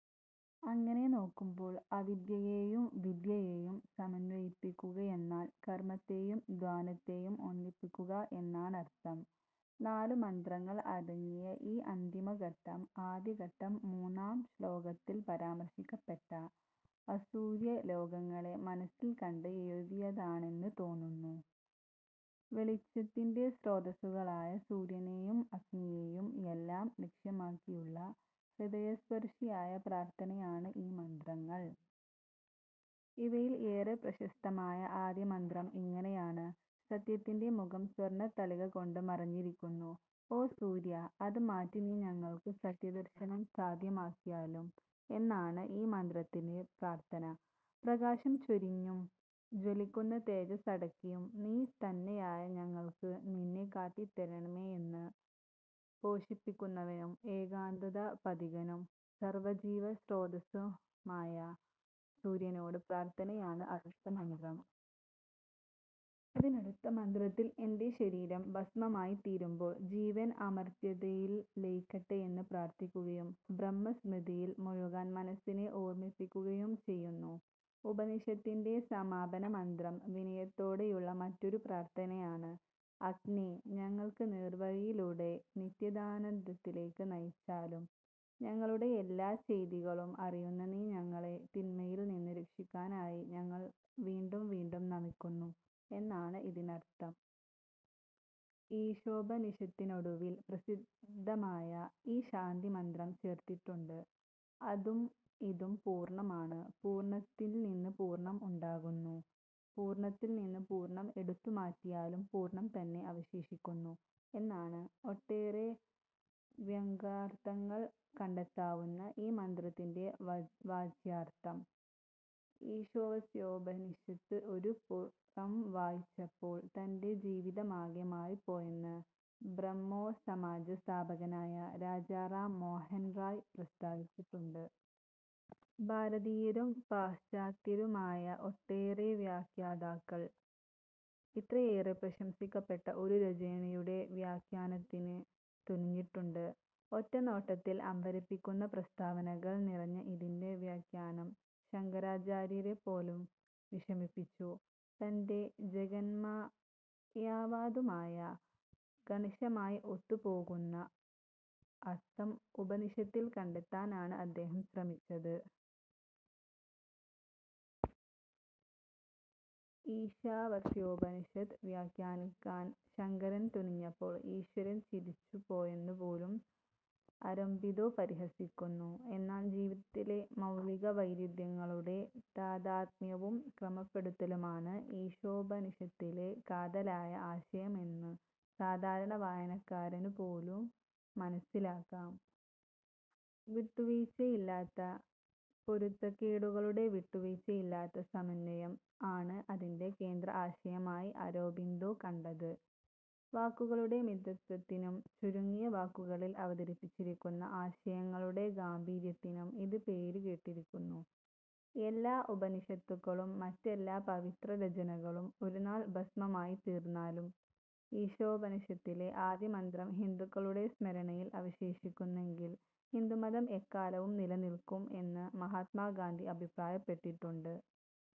അങ്ങനെ നോക്കുമ്പോൾ, അവിദ്യയേയും വിദ്യയേയും സമന്വയിപ്പിക്കുകയെന്നാൽ, കർമ്മത്തേയും ധ്യാനത്തേയും ഒന്നിപ്പിക്കുക എന്നാണർത്ഥം. നാലു മന്ത്രങ്ങൾ അടങ്ങിയ ഈ അന്തിമ ഘട്ടം, ആദ്യഘട്ടം മൂന്നാം ശ്ലോകത്തിൽ പരാമർശിക്കപ്പെടുന്ന അസൂര്യലോകങ്ങളെ മനസ്സിൽ കണ്ട് എഴുതിയതാണെന്ന് തോന്നും. വെളിച്ചത്തിന്റെ സ്രോതസ്സുകളായ സൂര്യനേയും അഗ്നിയേയും എല്ലാം ലക്ഷ്യമാക്കിയുള്ള ഹൃദയസ്പർശിയായ പ്രാർത്ഥനയാണ് ഈ മന്ത്രങ്ങൾ. ഇവയിൽ ഏറെ പ്രശസ്തമായ ആദ്യമന്ത്രം ഇങ്ങനെയാണ്:- "സത്യത്തിന്റെ മുഖം സ്വർണ്ണത്തളിക കൊണ്ട് മറഞ്ഞിരിക്കുന്നു; ഓ സൂര്യാ, അത് മാറ്റി നീ ഞങ്ങൾക്ക് സത്യദർശനം സാദ്ധ്യമാക്കിയാലും" എന്നാണ് ഈ മന്ത്രത്തിലെ പ്രാർത്ഥന. പ്രകാശം ചൊരിഞ്ഞും ജ്വലിക്കുന്ന തേജസ് അടക്കിയും, നീ തന്നെയായ ഞങ്ങൾക്ക് നിന്നെ കാട്ടിത്തരേണമേ എന്ന്, പോഷിപ്പിക്കുന്നവനും ഏകാന്തപഥികനും സർവജീവശ്രോതസ്സുമായ സൂര്യനോടുള്ള പ്രാർത്ഥനയാണ് അടുത്ത മന്ത്രം. അതിനടുത്തമന്ത്രത്തിൽ എന്റെ ശരീരം ഭസ്മമായിത്തീരുമ്പോൾ, ജീവൻ അമർത്ത്യതയിൽ ലയിക്കട്ടെയെന്ന് പ്രാർത്ഥിക്കുകയും, ബ്രഹ്മസ്മൃതിയിൽ മുഴുകാൻ മനസ്സിനെ ഓർമ്മിപ്പിക്കുകയും ചെയ്യുന്നു. ഉപനിഷത്തിന്റെ സമാപനമന്ത്രം വിനയത്തോടെയുള്ള മറ്റൊരു പ്രാർത്ഥനയാണ്:- "അഗ്നേ, ഞങ്ങളെ നേർവഴിയിലൂടെ നിത്യാനന്ദത്തിലേക്ക് നയിച്ചാലും. ഞങ്ങളുടെ എല്ലാച്ചെയ്തികളും അറിയുന്ന നീ ഞങ്ങളെ തിന്മയിൽ നിന്ന് രക്ഷിക്കാനായി ഞങ്ങൾ വീണ്ടും വീണ്ടും നമിക്കുന്നു " എന്നാണ് ഇതിനർത്ഥം. ഈശോപനിഷത്തിനൊടുവിൽ പ്രസിദ്ധമായ ഈ ശാന്തിമന്ത്രം ചേർത്തിട്ടുണ്ട്:- "അതും ഇതും പൂർണ്ണമാണ്; പൂർണ്ണത്തിൻൽ നിന്ന് പൂർണ്ണം ഉണ്ടാകുന്നു; പൂർണ്ണത്തിൽ നിന്ന് പൂർണ്ണം എടുത്തുമാറ്റിയാലും പൂർണ്ണം തന്നെ അവശേഷിക്കുന്നു" എന്നാണ് ഒട്ടേറെ വ്യംഗ്യാർത്ഥങ്ങൾ കണ്ടെത്താവുന്ന ഈ മന്ത്രത്തിന്റെ വാച്യാർത്ഥം. ഈശാവാസ്യോപനിഷത്ത് ഒരു പുറം വായിച്ചപ്പോൾ തന്റെ ജീവിതമാകെ മാറിപ്പോയെന്ന് ബ്രഹ്മോസമാജ സ്ഥാപകനായ രാജാ റാം മോഹൻ റായ് പ്രസ്ഥാവിച്ചിട്ടുണ്ട്. ഭാരതീയരും പാശ്ചാത്യരുമായ ഒട്ടേറെ വ്യാഖ്യാതാക്കൾ, ഇത്രയേറെ പ്രശംസിക്കപ്പെട്ട ഈ രചനയുടെ വ്യാഖ്യാനത്തിന് തുനിഞ്ഞിട്ടുണ്ട്. ഒറ്റനോട്ടത്തിൽ അമ്പരപ്പിക്കുന്ന പ്രസ്താവനകൾ നിറഞ്ഞ ഇതിന്റെ വ്യാഖ്യാനം ശങ്കരാചാര്യരെപ്പോലും വിഷമിപ്പിച്ചു. തന്റെ ജഗന്മായാവാദവുമായി കണിശമായി ഒത്തുപോകുന്ന അർത്ഥം ഉപനിഷത്തിൽ കണ്ടെത്താനാണ് അദ്ദേഹം ശ്രമിച്ചത്. ഈശാവാസ്യോപനിഷത്ത് വ്യാഖ്യാനിക്കാൻ ശങ്കരൻ തുനിഞ്ഞപ്പോൾ ഈശ്വരൻ ചിരിച്ചുപോയെന്നുപോലും അരോബിന്ദോ പരിഹസിക്കുന്നു എന്നാൽ ജീവിതത്തിലെ മൗലികവൈരുദ്ധ്യങ്ങളുടെ താദാത്മ്യവും ക്രമപ്പെടുത്തലുമാണ് ഈശോപനിഷത്തിന്റെ കാതലായ ആശയമെന്ന് സാധാരണ വായനക്കാരനു പോലും മനസ്സിലാക്കാം. "വിട്ടുവീഴ്ചയില്ലാത്ത പൊരുത്തക്കേടുകളുടെ വിട്ടുവീഴ്ചയില്ലാത്ത സമന്വയം" ആണ് അതിന്റെ കേന്ദ്ര ആശയമായി അരോബിന്ദോ കണ്ടത്. വാക്കുകളുടെ മിതത്ത്വത്തിനും, ചുരുങ്ങിയ വാക്കുകളിൽ അവതരിപ്പിച്ചിരിക്കുന്ന ആശയങ്ങളുടെ ഗാംഭീര്യത്തിനും ഇത് പേരുകേട്ടിരിക്കുന്നു. "എല്ലാ ഉപനിഷത്തുകളും, മറ്റെല്ലാ പവിത്രരചനകളും ഒരുനാൾ ഭസ്മമായിത്തീർന്നാലും, ഈശോപനിഷത്തിലെ ആദ്യമന്ത്രം ഹിന്ദുക്കളുടെ സ്മരണയിൽ അവശേഷിക്കുന്നെങ്കിൽ, ഹിന്ദുമതം എക്കാലവും നിലനിൽക്കും" എന്ന് മഹാത്മാഗാന്ധി അഭിപ്രായപ്പെട്ടിട്ടുണ്ട്.